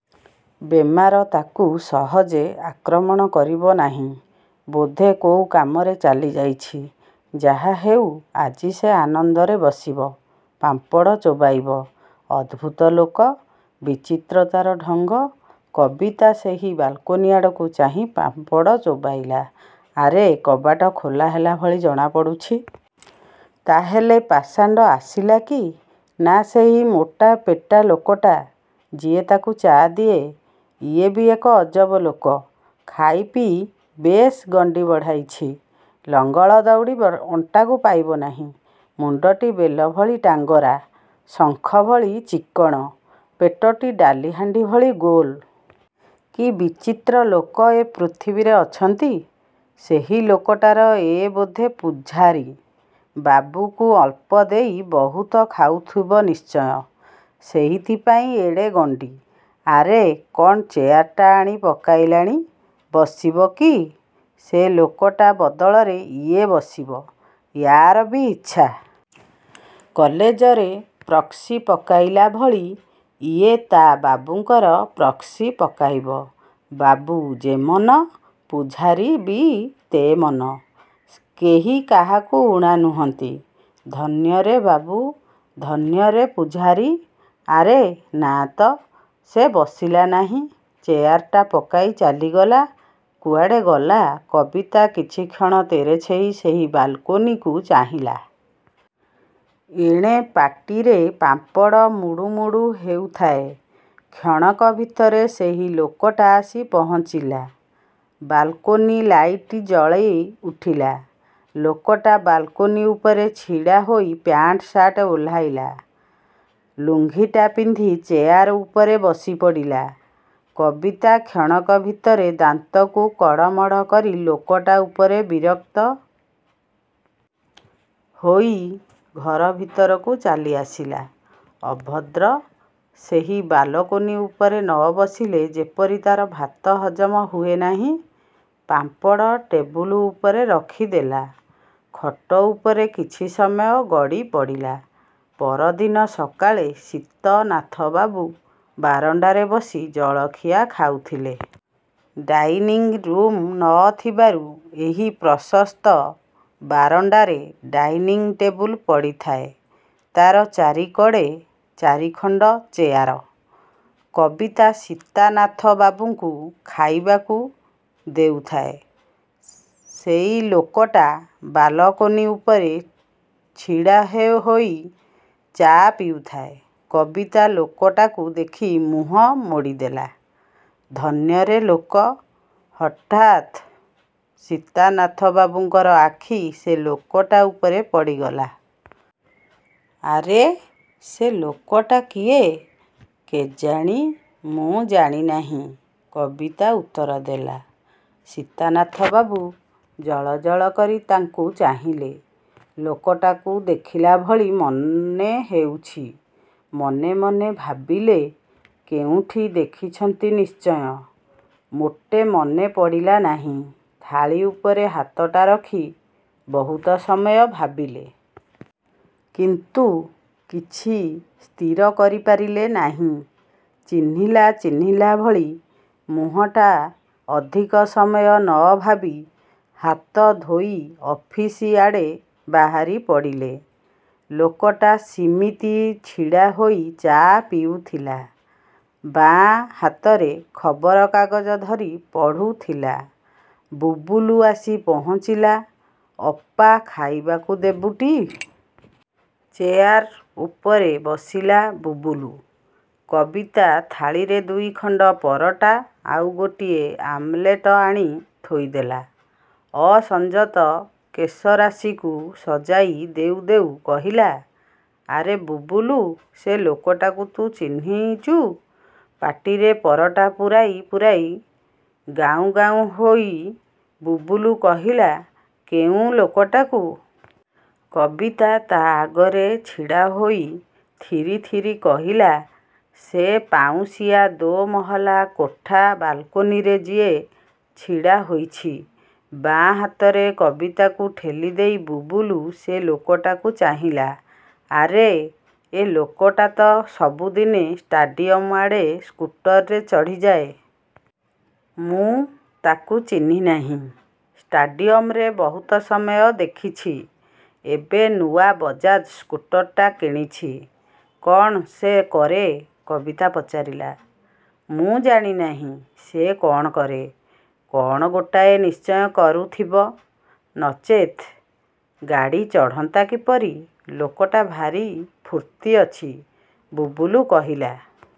ବେମାର ତା'କୁ ସହଜେ ଆକ୍ରମଣ କରିବ ନାହିଁ। ବୋଧେ କୋଉ କାମରେ ଚାଲିଯାଇଛି। ଯାହାହେଉ ଆଜି ସେ ଆନନ୍ଦରେ ବସିବ। ପାମ୍ପଡ଼ ଚୋବାଇବ। ଅଦ୍ଭୁତ ଲୋକ। ବିଚିତ୍ର ତା'ର ଢଙ୍ଗ, କବିତା ସେହି ବାଲକୋନି ଆଡ଼କୁ ଚାହିଁ ପାମ୍ପଡ଼ ଚୋବାଇଲା। ଆରେ, କବାଟ ଖୋଲା ହେଲାଭଳି ଜଣାପଡ଼ୁଛି। ତାହାହେଲେ ପାଷାଣ୍ଡ ଆସିଲା କି? ନାଁ, ସେହି ମୋଟା ପେଟାଲୋକଟା। ଯିଏ ତା'କୁ ଚା' ଦିଏ। ଇଏ ବି ଏକ ଅଜବ ଲୋକ। ଖାଇପିଇ ବେଶ୍ ଗଣ୍ଡି ବଢ଼ାଇଛି। ଲଙ୍ଗଳ ଦଉଡ଼ି ଅଣ୍ଟାକୁ ପାଇବ ନାହିଁ। ମୁଣ୍ଡଟି ବେଲଭଳି ଟାଙ୍ଗରା। ଶଙ୍ଖଭଳି ଚିକ୍କଣ। ପେଟଟି ଡାଲି ହାଣ୍ଡି ଭଳି ଗୋଲ। କି ବିଚିତ୍ର ଲୋକ ଏ ପୃଥିବୀରେ ଅଛନ୍ତି? ସେହି ଲୋକଟାର ଏ ବୋଧେ ପୁଝାରୀ। ବାବୁକୁ ଅଳ୍ପଦେଇ ବହୁତ ଖାଉଥିବ ନିଶ୍ଚୟ। ସେଇଥିପାଇଁ ଏଡ଼େ ଗଣ୍ଡି। ଆରେ କ'ଣ ଚେୟାରଟା ଆଣି ପକାଇଲାଣି। ବସିବ କି? ସେ ଲୋକଟା ବଦଳରେ ଇଏ ବସିବ। ୟାର ବି ଇଚ୍ଛା। କଲେଜରେ ପ୍ରକ୍ସି ପକାଇଲା ଭଳି ଇଏ ତା' ବାବୁଙ୍କର ପ୍ରକ୍ସି ପକାଇବ। ବାବୁ ଯେମନ, ପୁଝାରୀ ବି ତେମନ। କେହି କାହାକୁ ଊଣା ନୁହନ୍ତି। ଧନ୍ୟରେ ବାବୁ! ଧନ୍ୟରେ ପୂଝାରୀ! ଆରେ–ନା ତ ସେ ବସିଲା ନାହିଁ। ଚେୟାରଟା ପକାଇ ଚାଲିଗଲା। କୁଆଡ଼େ ଗଲା? କବିତା କିଛିକ୍ଷଣ ତେରେଛେଇ ସେହି ବାଲକୋନିକୁ ଚାହିଁଲା। ଏଣେ ପାଟିରେ ପାମ୍ପଡ଼ ମୁଡ଼ୁମୁଡ଼ୁ ହେଉଥାଏ। କ୍ଷଣକ ଭିତରେ ସେହି ଲୋକଟା ଆସି ପହଞ୍ଚିଲା। ବାଲକୋନି ଲାଇଟ୍ ଜଳି ଉଠିଲା। ଲୋକଟା ବାଲକୋନି ଉପରେ ଛିଡ଼ାହୋଇ ପ୍ୟାଣ୍ଟ୍ ସାଟ୍ ଓହ୍ଲାଇଲା। ଲୁଙ୍ଗିଟା ପିନ୍ଧି ଚେୟାର ଉପରେ ବସିପଡ଼ିଲା। କବିତା କ୍ଷଣକ ଭିତରେ ଦାନ୍ତକୁ କଡ଼ମଡ଼ କରି ଲୋକଟା ଉପରେ ବିରକ୍ତ। ହୋଇ ଘର ଭିତରରୁ ଚାଲି ଆସିଲା। ଅଭଦ୍ର, ସେହି ବାଲକୋନି ଉପରେ ନ ବସିଲେ ଯେପରି ତା'ର ଭାତ ହଜମ ହୁଏ ନାହିଁ। ପାମ୍ପଡ଼ ଟେବୁଲ ଉପରେ ରଖିଦେଲା। ଖଟ ଉପରେ କିଛି ସମୟ ଗଡ଼ିପଡ଼ିଲା। ପରଦିନ ସକାଳେ ସୀତନାଥବାବୁ ବାରଣ୍ଡାରେ ବସି ଜଳଖିଆ ଖାଉଥିଲେ। ଡାଇନିଙ୍ଗ୍ ରୁମ୍ ନ ଥିବାରୁ ଏହି ପ୍ରଶସ୍ତ ବାରଣ୍ଡାରେ ଡାଇନିଙ୍ଗ୍ ଟେବୁଲ ପଡ଼ିଥାଏ। ତା'ର ଚାରିକଡ଼େ ଚାରିଖଣ୍ଡ ଚେୟାର। କବିତା ସୀତାନାଥବାବୁଙ୍କୁ ଖାଇବାକୁ ଦେଉଥାଏ। ସେଇ ଲୋକଟା ବାଲକୋନି ଉପରେ ଛିଡ଼ାହୋଇ ଚା' ପିଉଥାଏ। କବିତା ଲୋକଟାକୁ ଦେଖି ମୁହଁ ମୋଡ଼ିଦେଲା। ଧନ୍ୟରେ ଲୋକ। ହଠାତ୍ ସୀତାନାଥବାବୁଙ୍କର ଆଖି ସେ ଲୋକଟା ଉପରେ ପଡ଼ିଗଲା। ଆରେ ସେ ଲୋକଟା କିଏ? କେଜାଣି ମୁଁ ଜାଣିନାହିଁ, କବିତା ଉତ୍ତର ଦେଲା। ସୀତାନାଥବାବୁ ଜଳ ଜଳ କରି ତାଙ୍କୁ ଚାହିଁଲେ। ଲୋକଟାକୁ ଦେଖିଲା ଭଳି ମନେହେଉଛି। ମନେ ମନେ ଭାବିଲେ କେଉଁଠି ଦେଖିଛନ୍ତି ନିଶ୍ଚୟ। ମୋଟେ ମନେ ପଡ଼ିଲା ନାହିଁ। ଥାଳି ଉପରେ ହାତଟା ରଖି ବହୁତ ସମୟ ଭାବିଲେ। କିନ୍ତୁ କିଛି ସ୍ଥିର କରିପାରିଲେ ନାହିଁ। ଚିହ୍ନିଲା ଚିହ୍ନିଲା ଭଳି ମୁହଁଟା ଅଧିକ ସମୟ ନ ଭାବି ହାତଧୋଇ ଅଫିସଆଡ଼େ ବାହାରି ପଡ଼ିଲେ। ଲୋକଟା ସିମିତି ଛିଡ଼ାହୋଇ ଚା' ପିଉଥିଲା। ବାଆଁ ହାତରେ ଖବରକାଗଜ ଧରି ପଢ଼ୁଥିଲା। ବୁବୁଲୁ ଆସି ପହଞ୍ଚିଲା। ଅପା, ଖାଇବାକୁ ଦେବୁଟି। ଚେୟାର ଉପରେ ବସିଲା ବୁବୁଲୁ। କବିତା ଥାଳିରେ ଦୁଇଖଣ୍ଡ ପରଟା ଆଉ ଗୋଟିଏ ଆମଲେଟ ଆଣି ଥୋଇଦେଲା। ଅସଞ୍ଜତ କେଶରାଶିକୁ ସଜାଇ ଦେଉ ଦେଉ କହିଲା, ଆରେ ବୁବୁଲୁ ସେ ଲୋକଟାକୁ ତୁ ଚିହ୍ନିଚୁ? ପାଟିରେ ପରଟା ପୂରାଇ ପୂରାଇ ଗାଉଁ ଗାଉଁ ହୋଇ ବୁବୁଲୁ କହିଲା, କେଉଁ ଲୋକଟାକୁ? କବିତା ତା' ଆଗରେ ଛିଡ଼ା ହୋଇ ଥିରି ଥିରି କହିଲା, ସେ ପାଉଁଶିଆ ଦୋ'ମହଲା କୋଠା ବାଲକୋନିରେ ଯିଏ ଛିଡ଼ା ହୋଇଛି। ବାଆଁ ହାତରେ କବିତାକୁ ଠେଲିଦେଇ ବୁବୁଲୁ ସେ ଲୋକଟାକୁ ଚାହିଁଲା। ଆରେ! ଏ ଲୋକଟା ତ ସବୁଦିନେ ଷ୍ଟାଡ଼ିୟମ ଆଡ଼େ ସ୍କୁଟରରେ ଚଢ଼ିଯାଏ। ମୁଁ ତା'କୁ ଚିହ୍ନିନାହିଁ। ଷ୍ଟାଡ଼ିୟମରେ ବହୁତ ସମୟ ଦେଖିଛି। ଏବେ ନୂଆ ବଜାଜ ସ୍କୁଟରଟା କିଣିଛି। କ'ଣ ସେ କରେ, କବିତା ପଚାରିଲା? ମୁଁ ଜାଣିନାହିଁ। ସେ କ'ଣ କରେ। କ'ଣ ଗୋଟାଏ ନିଶ୍ଚୟ କରୁଥିବ ନଚେତ୍ ଗାଡ଼ି ଚଢ଼ନ୍ତା କିପରି? ଟୋକାଟା ଭାରି ଫୁର୍ତ୍ତି ଅଛି, ବୁବୁଲୁ କହିଲା।